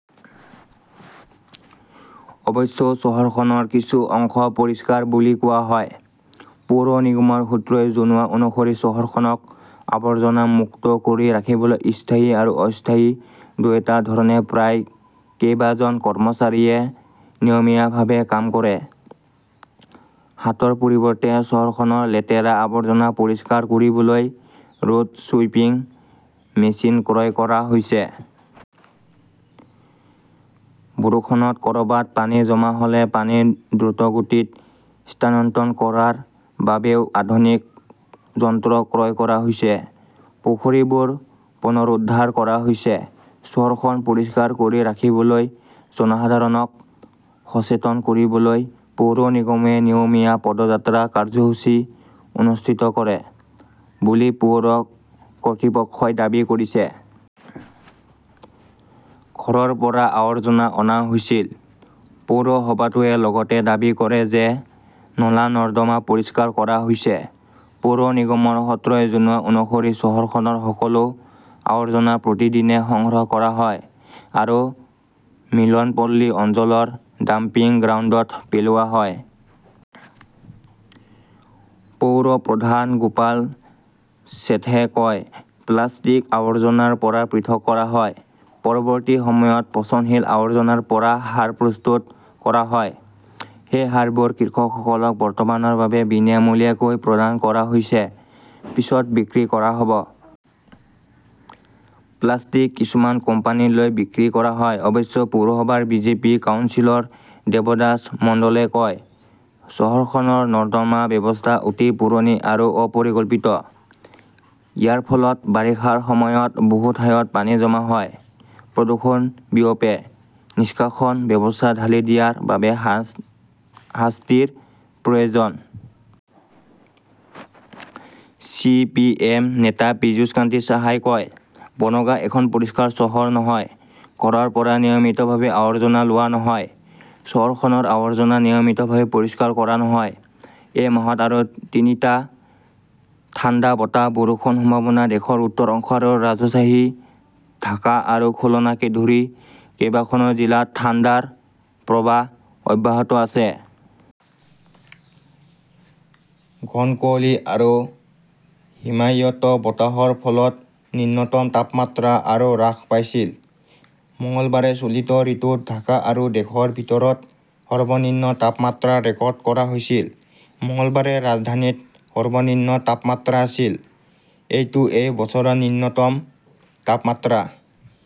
অৱশ্যে চহৰখনৰ কিছু অংশ পৰিষ্কাৰ বুলি কোৱা হয়। পৌৰ নিগমৰ সূত্ৰই জনোৱা অনুসৰি চহৰখনক আৱৰ্জনা মুক্ত কৰি ৰাখিবলৈ স্থায়ী আৰু অস্থায়ী দুয়োটা ধৰণে প্ৰায় কেইবাজন কৰ্মচাৰীয়ে নিয়মীয়াভাৱে কাম কৰে। হাতৰ পৰিৱৰ্তে চহৰখনৰ লেতেৰা আৱৰ্জনা পৰিষ্কাৰ কৰিবলৈ ৰোড ছুইপিং মেচিন ক্ৰয় কৰা হৈছে। বৰষুণত ক'ৰবাত পানী জমা হ'লে পানী দ্ৰুতগতিত স্থানান্তৰ কৰাৰ বাবেও আধুনিক যন্ত্ৰ ক্ৰয় কৰা হৈছে। পুখুৰীবোৰ পুনৰুদ্ধাৰ কৰা হৈছে। চহৰখন পৰিষ্কাৰ কৰি ৰাখিবলৈ জনসাধাৰণক সচেতন কৰিবলৈ পৌৰ নিগমে নিয়মীয়া পদযাত্ৰা, কাৰ্যসূচী অনুষ্ঠিত কৰে বুলি পৌৰ কৰ্তৃপক্ষই দাবী কৰিছে। ঘৰৰ পৰা আৱৰ্জনা অনা হৈছিল। পৌৰসভাটোৱে লগতে দাবী কৰে যে নলা-নৰ্দমা পৰিষ্কাৰ কৰা হৈছে। পৌৰ নিগমৰ সূত্ৰই জনোৱা অনুসৰি চহৰখনৰ সকলো আৱৰ্জনা প্ৰতিদিনে সংগ্ৰহ কৰা হয় আৰু মিলনপল্লী অঞ্চলৰ ডাম্পিং গ্ৰাউণ্ডত পেলোৱা হয়। পৌৰ প্ৰধান গোপাল শেঠে কয়, প্লাষ্টিক আবৰ্জনাৰ পৰা পৃথক কৰা হয়। পৰৱৰ্তী সময়ত পচনশীল আৱৰ্জনাৰ পৰা সাৰ প্ৰস্তুত কৰা হয়। সেই সাৰবোৰ কৃষকসকলক বৰ্তমানৰ বাবে বিনামূলীয়াকৈ প্ৰদান কৰা হৈছে। পিছত বিক্ৰী কৰা হ'ব। প্লাষ্টিক কিছুমান কোম্পানীলৈ বিক্ৰী কৰা হয়। অৱশ্যে, পৌৰসভাৰ বিজেপি কাউন্সিলৰ দেৱদাস মণ্ডলে কয়, চহৰখনৰ নৰ্দমা ব্যৱস্থা অতি পুৰণি আৰু অপৰিকল্পিত। ইয়াৰ ফলত বাৰিষাৰ সময়ত বহু ঠাইত পানী জমা হয়, প্ৰদূষণ বিয়পে। নিষ্কাশন ব্যৱস্থা ঢালি দিয়াৰ বাবে শাস্তিৰ প্ৰয়োজন। চি. পি. এম. নেতা পীয়ুষকান্তী চাহাই কয়, বনগাঁ এখন পৰিষ্কাৰ চহৰ নহয়। ঘৰৰ পৰা নিয়মিতভাৱে আৱৰ্জনা লোৱা নহয়। চহৰখনৰ আৱৰ্জনা নিয়মিতভাৱে পৰিষ্কাৰ কৰা নহয়। এই মাহত আৰু তিনিটা ঠাণ্ডা বতাহ, বৰষুণৰ সম্ভাৱনা দেশৰ উত্তৰ অংশ আৰু ৰাজশ্বাহী, ঢাকা আৰু খুলনাকে ধৰি কেইবাখনো জিলাত ঠাণ্ডাৰ প্ৰৱাহ অব্যাহত আছে। ঘন কুঁৱলী আৰু হিমায়িত বতাহৰ ফলত নিম্নতম তাপমাত্ৰা আৰু হ্ৰাস পাইছিল। মঙলবাৰে চলিত ঋতুত ঢাকা আৰু দেশৰ ভিতৰত সৰ্বনিম্ন তাপমাত্ৰা ৰেকৰ্ড কৰা হৈছিল। মঙলবাৰে ৰাজধানীত সৰ্বনিম্ন তাপমাত্ৰা আছিল । এইটো এই বছৰৰ নিম্নতম তাপমাত্ৰা।